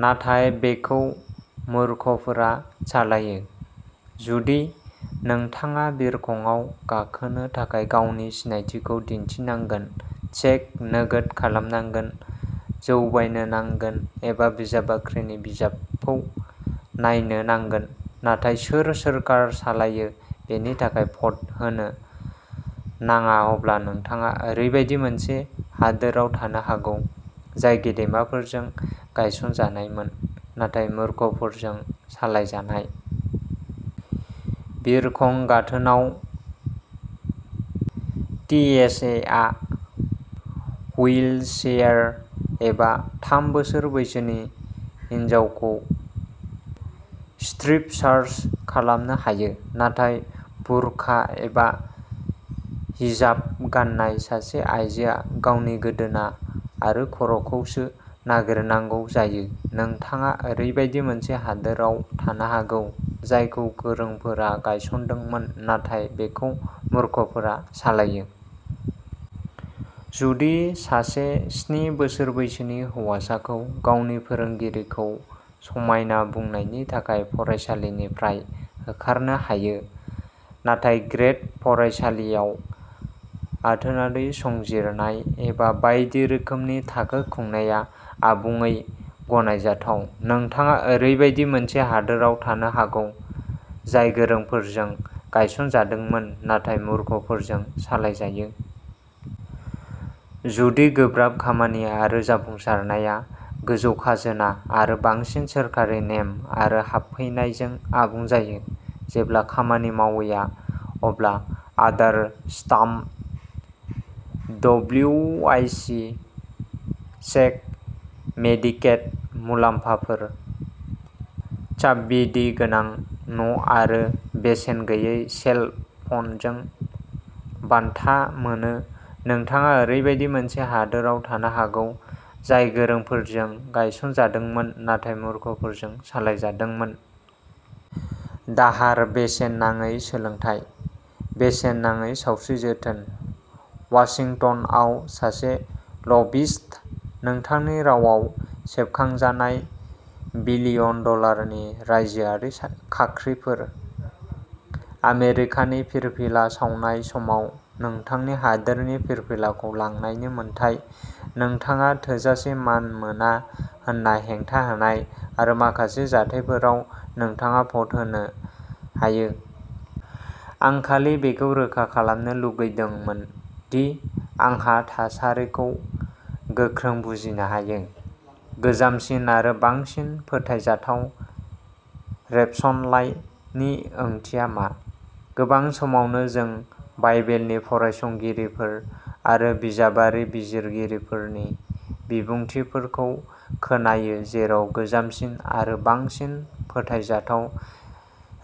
नाथाय बेखौ मूर्खफोरा सालायो। जुदि नोंथाङा बिरखंआव गाखोनो थाखाय गावनि सिनायथिखौ दिन्थिनांगोन, चेक नोगोद खालामनांगोन, जौ बायनो नांगोन, एबा बिजाब बाख्रिनि बिजाबखौ नायनो नांगोन, नाथाय सोर सोरखार सालायो बेनि थाखाय भ'ट होनो नाङा-अब्ला नोंथाङा ओरैबायदि मोनसे हादोरआव थानो हागौ, जाय गेदेमाफोरजों गायसनजानायमोन नाथाय मूर्खफोरजों सालायजानाय। बिरखं गाथोनाव टिएसएआ हुइलचेयार एबा थाम बोसोर बैसोनि हिनजावखौ स्ट्रिप-सार्च खालामनो हायो, नाथाय बुरका एबा हिजाब गान्नाय सासे आइजोआ गावनि गोदोना आरो खर'खौसो नागिरनांगौ जायो-नोंथाङा ओरैबायदि मोनसे हादोरआव थानो हागौ, जायखौ गोरोंफोरा गायसनदोंमोन नाथाय बेखौ मूर्खफोरा सालायो। जुदि सासे स्नि बोसोर बैसोनि हौवासाखौ गावनि फोरोंगिरिखौ "समायना" बुंनायनि थाखाय फरायसालिनिफ्राय होखारनो हायो, नाथाय ग्रेड फरायसालियाव आथोनारि संजिरनाय एबा बायदि रोखोमनि थाखो खुंनाया आबुङै गनायजाथाव-नोंथाङा ओरैबायदि मोनसे हादोरआव थानो हागौ, जाय गोरोंफोरजों गायसनजादोंमोन नाथाय मूर्खफोरजों सालायजायो। जुदि गोब्राब खामानि आरो जाफुंसारनाया गोजौ खाजोना आरो बांसिन सोरखारि नेम आरो हाबफैनायजों आबुं जायो, जेब्ला खामानि मावैया, अब्ला आदार स्टाम्प, डब्लिउआइसि चेक, मेडिकेड मुलाम्फाफोर, साब्सिडी गोनां न'आरो बेसेन गैयै सेल फ'नजों बान्था मोनो-नोंथाङा ओरैबायदि मोनसे हादोरआव थानो हागौ, जाय गोरोंफोरजों गायसनजादोंमोन नाथाय मूर्खफोरजों सालायजादोंमोन। दाहार, बेसेन नाङै सोलोंथाय, बेसेन नाङै सावस्रि जोथोन, वाशिंटनआव सासे लबिस्ट, नोंथांनि रावाव सेबखांजानाय बिलियन डलारनि रायजोआरि खाख्रिफोर, आमेरिकानि फिरफिला सावनाय समाव नोंथांनि हादोरनि फिरफिलाखौ लांनायनि मोन्थाइ, नोंथाङा थोजासे मान मोना होनना हेंथा होनाय, आरो माखासे जाथायफोराव, नोंथाङा भ'ट होनो हायो। आं खालि बेखौ रोखा खालामनो लुगैदोंमोन दि आंहा थासारिखौ गोख्रों बुजिनो हायो! "गोजामसिन आरो बांसिन फोथायजाथाव रेबसनलाइ" नि ओंथिया मा? गोबां समावनो जों बाइबेलनि फरायसंगिरिफोर आरो बिजाबारि बिजिरगिरिफोरनि बिबुंथिफोरखौ खोनायो जेराव "गोजामसिन आरो बांसिन फोथायजाथाव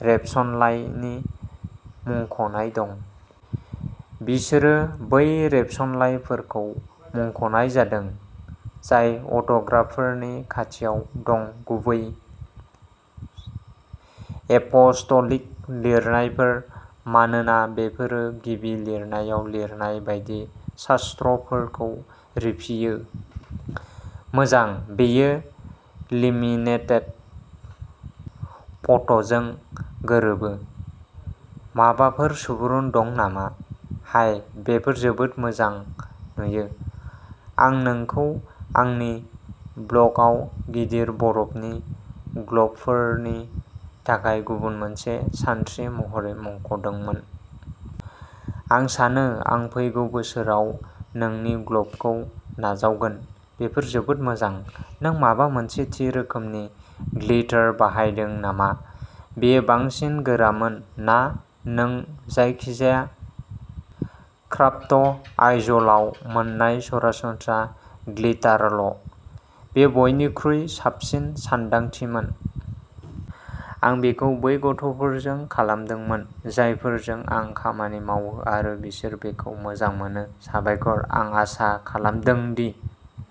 रेबसनलाइ" नि मुंख'नाय दं। बिसोरो बै रेबसनलाइफोरखौ मुंख'नाय जादों जाय अट'ग्राफफोरनि खाथियाव दं-गुबै एप'स्टलिक लिरनायफोर-मानोना बेफोरो गिबि लिरनायाव लिरनाय बायदि शास्त्रफोरखौ रिफियो। मोजां, बेयो लेमिनेटेड फट'जों गोरोबो। माबाफोर सुबुरुन दं नामा? हाय, बेफोर जोबोद मोजां नुयो। आं नोंखौ आंनि ब्ल'गआव गिदिर बरफनि ग्ल'बफोरनि थाखाय गुबुन मोनसे सानस्रि महरै मुंख'दोंमोन। आं सानो आं फैगौ बोसोराव नोंनि ग्ल'बखौ नाजावगोन। बेफोर जोबोद मोजां नों माबा मोनसे थि रोखोमनि ग्लिटार बाहायदों नामा? बेयो बांसिन गोरामोन ना नों जायखिजाया क्राफ्ट आइजलाव मोननाय सरासनस्रा ग्लिटारल'? बेयो बयनिख्रुइ साबसिन सानदांथिमोन आं बेखौ बै गथ'फोरजों खालामदोंमोन, जायफोरजों आं खामानि मावो आरो बिसोर बेखौ मोजां मोनो साबायखर आं आसा खालामदों दि